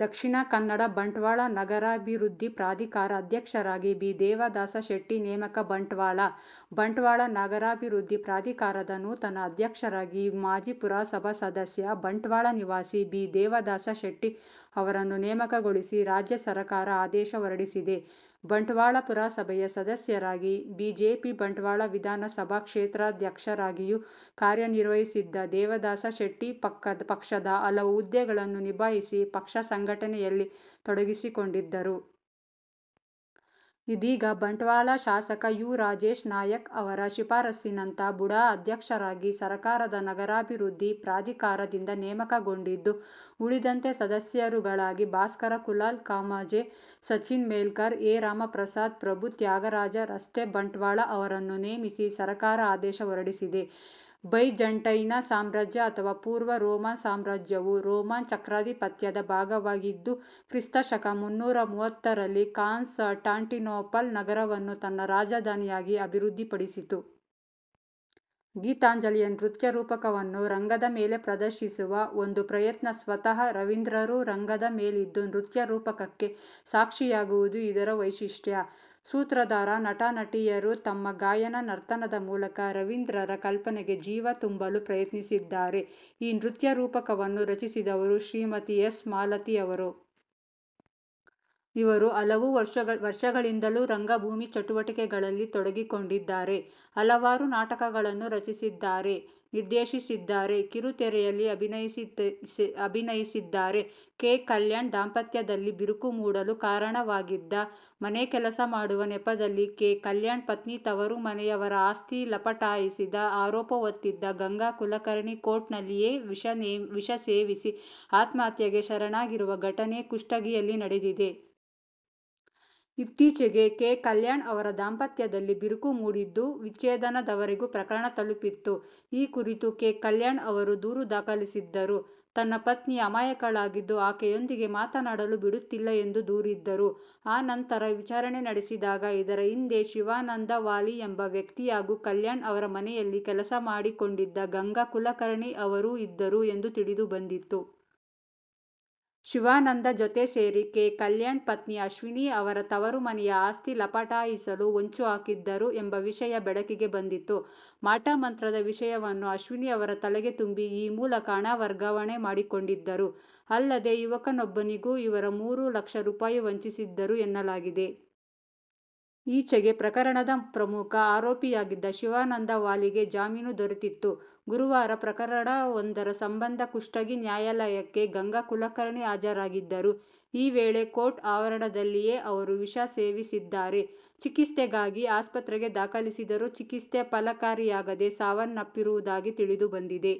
ದಕ್ಷಿಣ ಕನ್ನಡ ಬಂಟ್ವಾಳ ನಗರಾಭಿವೃದ್ದಿ ಪ್ರಾಧಿಕಾರ ಅಧ್ಯಕ್ಷರಾಗಿ ಬಿ. ದೇವದಾಸ ಶೆಟ್ಟಿ ನೇಮಕ ಬಂಟ್ವಾಳ: ಬಂಟ್ವಾಳ ನಗರಾಭಿವೃದ್ದಿ ಪ್ರಾಧಿಕಾರದ ನೂತನ ಅಧ್ಯಕ್ಷರಾಗಿ ಮಾಜಿ ಪುರಸಭಾ ಸದಸ್ಯ, ಬಂಟ್ವಾಳ ನಿವಾಸಿ ಬಿ ದೇವದಾಸ ಶೆಟ್ಟಿ ಅವರನ್ನು ನೇಮಕಗೊಳಿಸಿ ರಾಜ್ಯ ಸರಕಾರ ಆದೇಶ ಹೊರಡಿಸಿದೆ. ಬಂಟ್ವಾಳ ಪುರಸಭೆಯ ಸದಸ್ಯರಾಗಿ, ಬಿಜೆಪಿ ಬಂಟ್ವಾಳ ವಿಧಾನಸಭಾ ಕ್ಷೇತ್ರಾಧ್ಯಕ್ಷರಾಗಿಯೂ ಕಾರ್ಯ ನಿರ್ವಹಿಸಿದ್ದ ದೇವದಾಸ ಶೆಟ್ಟಿ ಪಕ್ಷದ ಹಲವು ಹುದ್ದೆಗಳನ್ನು ನಿಭಾಯಿಸಿ ಪಕ್ಷ ಸಂಘಟನೆಯಲ್ಲಿ ತೊಡಗಿಸಿಕೊಂಡಿದ್ದರು. ಇದೀಗ ಬಂಟ್ವಾಳ ಶಾಸಕ ಯು ರಾಜೇಶ್ ನಾಯಕ್ ಅವರ ಶಿಫಾರಸ್ಸಿನಂತೆ ಬುಡಾ ಅಧ್ಯಕ್ಷರಾಗಿ ಸರಕಾರದ ನಗರಾಭಿವೃದ್ದಿ ಪ್ರಾಧಿಕಾರದಿಂದ ನೇಮಕಗೊಂಡಿದ್ದು, ಉಳಿದಂತೆ ಸದಸ್ಯರುಗಳಾಗಿ ಭಾಸ್ಕರ ಕುಲಾಲ್ ಕಾಮಾಜೆ, ಸಚಿನ್ ಮೆಲ್ಕಾರ್, ಎ ರಾಮಪ್ರಸಾದ್ ಪ್ರಭು ತ್ಯಾಗರಾಜ ರಸ್ತೆ-ಬಂಟ್ವಾಳ ಅವರನ್ನು ನೇಮಿಸಿ ಸರಕಾರ ಆದೇಶ ಹೊರಡಿಸಿದೆ. ಬೈಜಾಂಟೈನ್ ಸಾಮ್ರಾಜ್ಯ ಅಥವಾ ಪೂರ್ವ ರೋಮನ್ ಸಾಮ್ರಾಜ್ಯವು, ರೋಮನ್ ಚಕ್ರಾಧಿಪತ್ಯದ ಭಾಗವಾಗಿದ್ದು, ಕ್ರಿಸ್ತ ಶಕ ಮುನ್ನೂರ ಮೂವತ್ತರಲ್ಲಿ ಕಾನ್ಸ್ ಟಾಂಟಿನೋಪಲ್ ನಗರವನ್ನು ತನ್ನ ರಾಜಧಾನಿಯಾಗಿ ಅಭಿವೃದ್ಧಿ ಪಡಿಸಿತು. ಗೀತಾಂಜಲಿಯ ನೃತ್ಯರೂಪಕವನ್ನು ರಂಗದ ಮೇಲೆ ಪ್ರದರ್ಶಿಸುವ ಒಂದು ಪ್ರಯತ್ನ ಸ್ವತಃ ರವೀಂದ್ರರು ರಂಗದ ಮೇಲಿದ್ದು ನೃತ್ಯ ರೂಪಕಕ್ಕೆ ಸಾಕ್ಷಿಯಾಗುವುದು ಇದರ ವೈಶಿಷ್ಟ್ಯ. ಸೂತ್ರಧಾರ, ನಟನಟಿಯರು ತಮ್ಮ ಗಾಯನ ನರ್ತನದ ಮೂಲಕ ರವೀಂದ್ರರ ಕಲ್ಪನೆಗೆ ಜೀವ ತುಂಬಲು ಪ್ರಯತ್ನಿಸಿದ್ದಾರೆ. ಈ ನೃತ್ಯರೂಪಕವನ್ನು ರಚಿಸಿದವರು ಶ್ರೀಮತಿ ಎಸ್. ಮಾಲತಿ ಅವರು. ಇವರು ಹಲವು ವರ್ಷಗಳಿಂದಲೂ ರಂಗಭೂಮಿ ಚಟುವಟಿಕೆಗಳಲ್ಲಿ ತೊಡಗಿಕೊಂಡಿದ್ದಾರೆ. ಹಲವಾರು ನಾಟಕಗಳನ್ನು ರಚಿಸಿದ್ದಾರೆ, ನಿರ್ದೇಶಿಸಿದ್ದಾರೆ, ಕಿರುತೆರೆಯಲ್ಲಿ ಅಭಿನಯಿಸಿದ್ದಾರೆ.: ಕೆ. ಕಲ್ಯಾಣ್ ದಾಂಪತ್ಯದಲ್ಲಿ ಬಿರುಕು ಮೂಡಲು ಕಾರಣವಾಗಿದ್ದ, ಮನೆ ಕೆಲಸ ಮಾಡುವ ನೆಪದಲ್ಲಿ ಕೆ. ಕಲ್ಯಾಣ್ ಪತ್ನಿ ತವರು ಮನೆಯವರ ಆಸ್ತಿ ಲಪಟಾಯಿಸಿದ ಆರೋಪ ಹೊತ್ತಿದ್ದ ಗಂಗಾ ಕುಲಕರ್ಣಿ ಕೋರ್ಟ್ ನಲ್ಲಿಯೇ ವಿಷ ಸೇವಿಸಿ ಆತ್ಮಹತ್ಯೆಗೆ ಶರಣಾಗಿರುವ ಘಟನೆ ಕುಷ್ಟಗಿಯಲ್ಲಿ ನಡೆದಿದೆ. ಇತ್ತೀಚೆಗೆ ಕೆ. ಕಲ್ಯಾಣ್ ಅವರ ದಾಂಪತ್ಯದಲ್ಲಿ ಬಿರುಕು ಮೂಡಿದ್ದು, ವಿಚ್ಛೇದನದವರೆಗೂ ಪ್ರಕರಣ ತಲುಪಿತ್ತು. ಈ ಕುರಿತು ಕೆ. ಕಲ್ಯಾಣ್ ಅವರು ದೂರು ದಾಖಲಿಸಿದ್ದರು. ತನ್ನ ಪತ್ನಿ ಅಮಾಯಕಳಾಗಿದ್ದು, ಆಕೆಯೊಂದಿಗೆ ಮಾತನಾಡಲೂ ಬಿಡುತ್ತಿಲ್ಲ ಎಂದು ದೂರಿದ್ದರು. ಆ ನಂತರ ವಿಚಾರಣೆ ನಡೆಸಿದಾಗ, ಇದರ ಹಿಂದೆ ಶಿವಾನಂದ ವಾಲಿ ಎಂಬ ವ್ಯಕ್ತಿ ಹಾಗೂ ಕಲ್ಯಾಣ್ ಅವರ ಮನೆಯಲ್ಲಿ ಕೆಲಸ ಮಾಡಿಕೊಂಡಿದ್ದ ಗಂಗಾ ಕುಲಕರ್ಣಿ ಅವರು ಇದ್ದರು ಎಂದು ತಿಳಿದುಬಂದಿತ್ತು. ಶಿವಾನಂದ ಜೊತೆ ಸೇರಿ ಕೆ. ಕಲ್ಯಾಣ್ ಪತ್ನಿ ಅಶ್ವಿನಿ ಅವರ ತವರು ಮನೆಯ ಆಸ್ತಿ ಲಪಟಾಯಿಸಲು ಹೊಂಚು ಹಾಕಿದ್ದರು ಎಂಬ ವಿಷಯ ಬೆಳಕಿಗೆ ಬಂದಿತ್ತು. ಮಾಟ ಮಂತ್ರದ ವಿಷಯವನ್ನು ಅಶ್ವಿನಿ ಅವರ ತಲೆಗೆ ತುಂಬಿ ಈ ಮೂಲಕ ಹಣ ವರ್ಗಾವಣೆ ಮಾಡಿಕೊಂಡಿದ್ದರು, ಅಲ್ಲದೇ ಯುವಕನೊಬ್ಬನಿಗೂ ಇವರು ಮೂರು ಲಕ್ಷ ರೂಪಾಯಿ ವಂಚಿಸಿದ್ದರು ಎನ್ನಲಾಗಿದೆ. ಈಚೆಗೆ ಪ್ರಕರಣದ ಪ್ರಮುಖ ಆರೋಪಿಯಾಗಿದ್ದ ಶಿವಾನಂದ ವಾಲಿಗೆ ಜಾಮೀನು ದೊರೆತಿತ್ತು. ಗುರುವಾರ ಪ್ರಕರಣವೊಂದರ ಸಂಬಂಧ ಕುಷ್ಟಗಿ ನ್ಯಾಯಾಲಯಕ್ಕೆ ಗಂಗಾ ಕುಲಕರ್ಣಿ ಹಾಜರಾಗಿದ್ದರು. ಈ ವೇಳೆ ಕೋರ್ಟ್ ಆವರಣದಲ್ಲಿಯೇ ಅವರು ವಿಷ ಸೇವಿಸಿದ್ದಾರೆ. ಚಿಕಿತ್ಸೆಗಾಗಿ ಆಸ್ಪತ್ರೆಗೆ ದಾಖಲಿಸಿದರೂ ಚಿಕಿತ್ಸೆ ಫಲಕಾರಿಯಾಗದೇ ಸಾವನ್ನಪ್ಪಿರುವುದಾಗಿ ತಿಳಿದುಬಂದಿದೆ.